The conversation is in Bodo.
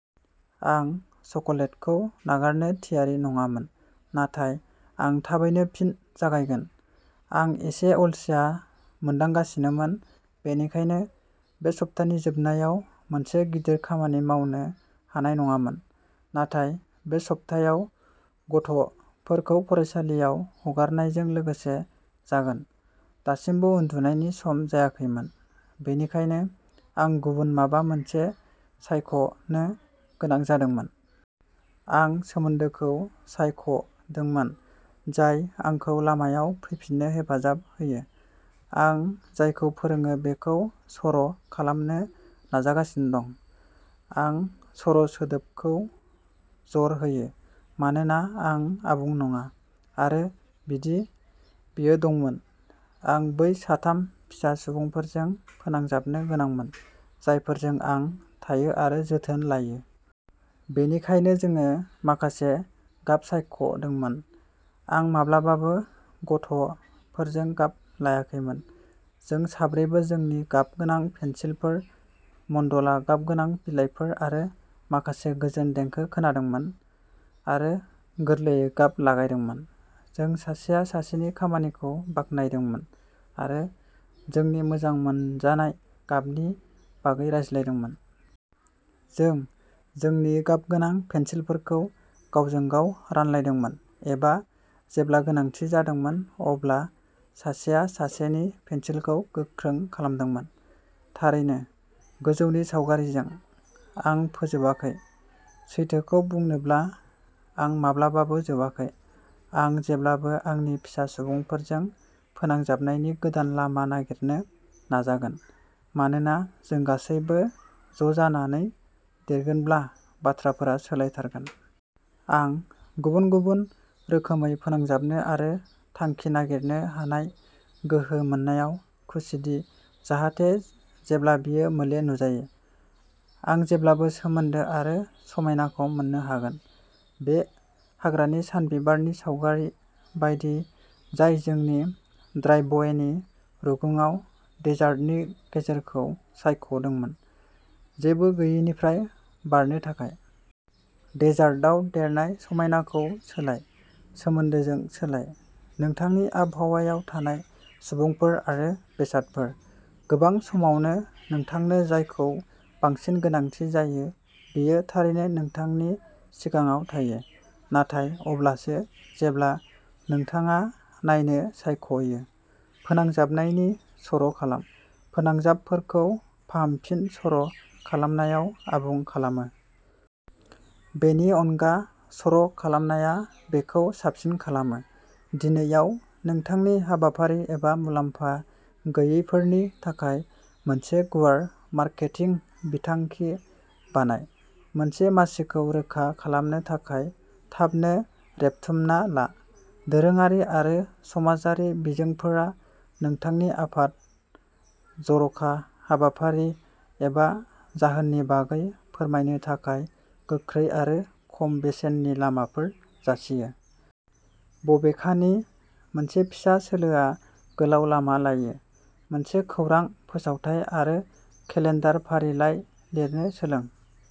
आं चकलेटखौ नागारनो थियारि नङामोन, नाथाय आं थाबैनो फिन जागायगोन। आं एसे अलसिया मोनदांगासिनोमोन, बेनिखायनो बे सप्तानि जोबनायाव मोनसे गिदिर खामानि मावनो हानाय नङामोन, नाथाय बे सब्थायाव गथ'फोरखौ फरायसालियाव गारहरनायजों लोगोसे जागोन। दासिमबो उन्दुनायनि सम जायाखैमोन, बेनिखायनो आं गुबुन माबा मोनसे सायख'नो गोनां जादोंमोन। आं सोमोन्दोखौ सायख'दोंमोन, जाय आंखौ लामायाव फैफिननो हेफाजाब होयो। आं जायखौ फोरोङो बेखौ सर'खालामनो नाजागासिनो दं। आं सर'सोदोबखौ जर होयो, मानोना आं आबुं नङा। आरो बिदि, बेयो दंमोन। आं बै साथाम फिसा सुबुंफोरजों फोनांजाबनो गोनांमोन जायफोरजों आं थायो आरो जोथोन लायो। बेनिखायनो जोङो माखासे गाब सायख'दोंमोन। आं माब्लाबाबो गथ'फोरजों गाब लायाखैमोन। जों साब्रैबो जोंनि गाबगोनां पेन्सिलफोर, मन्डला गाबगोनां बिलाइफोर आरो माखासे गोजोन देंखो खोनादोंमोन आरो गोरलैयै गाब लागायदोंमोन। जों सासेया सासेनि खामानिखौ बाख्नायदोंमोन आरो जोंनि मोजां मोनजानाय गाबनि बागै रायज्लायदोंमोन। जों जोंनि गाबगोनां पेन्सिलफोरखौ गावजों गाव रानलायदोंमोन एबा जेब्ला गोनांथि जादोंमोन अब्ला सासेया सासेनि पेन्सिलखौ गोख्रों खालामदोंमोन। थारैनो, गोजौनि सावगारिजों, आं फोजोबाखै। सैथोखौ बुंनोब्ला, आं माब्लाबाबो जोबाखै। आं जेब्लाबो आंनि फिसा सुबुंफोरजों फोनांजाबनायनि गोदान लामा नागिरनो नाजागोन, मानोना जों गासैबो ज'जानानै देरगोनब्ला, बाथ्राफोरा सोलायथारगोन। आं गुबुन-गुबुन रोखोमै फोनांजाबनो आरो थांखि नागिरनो हानाय गोहो मोननायाव खुसिदि जाहाथे जेब्ला बेयो मोले नुजायो, आं जेब्लाबो सोमोन्दो आरो समायनाखौ मोन्नो हागोन। बे हाग्रानि सानबिबारनि सावगारि बायदि जाय जोंनि ड्राइभवेनि रुगुङाव डेजार्टनि गेजेरखौ सायख'दोंमोन, जेबो गैयैनिफ्राय बारनो थाखाय। डेजार्टआव देरनाय समायनाखौ सोलाय। सोमोन्दोजों सोलाय। नोंथांनि आबहावायाव थानाय सुबुंफोर आरो बेसादफोर। गोबां समावनो नोंथांनो जायखौ बांसिन गोनांथि जायो बेयो थारैनो नोंथांनि सिगाङाव थायो, नाथाय अब्लासो जेब्ला नोंथाङा नायनो सायख'यो। फोनांजाबनायनि सर'खालाम। फोनांजाबफोरखौ फाहामफिनसर'खालामनाया आबुं खालामो। बेनि अनगा, सर'खालामनाया बेखौ साबसिन खालामो। दिनै आव नोंथांनि हाबाफारि एबा मुलाम्फा गैयैफोरनि थाखाय मोनसे गुवार मार्केटिं बिथांखि बानाय। मोनसे मासिखौ रोखा खालामनो थाखाय थाबनो रेबथुमना ला! दोरोङारि आरो समाजारि बिजोंफोरा नोंथांनि आफाद, जर'खा हाबाफारि, एबा जाहोननि बागै फोरमायनो थाखाय गोख्रै आरो खम बेसेननि लामाफोर जासियो। बबेखानि, मोनसे फिसा सोलोआ गोलाव लामा लायो। मोनसे खौरां फोसावथाइ आरो केलेन्डार फारिलाइ लिरनो सोलों।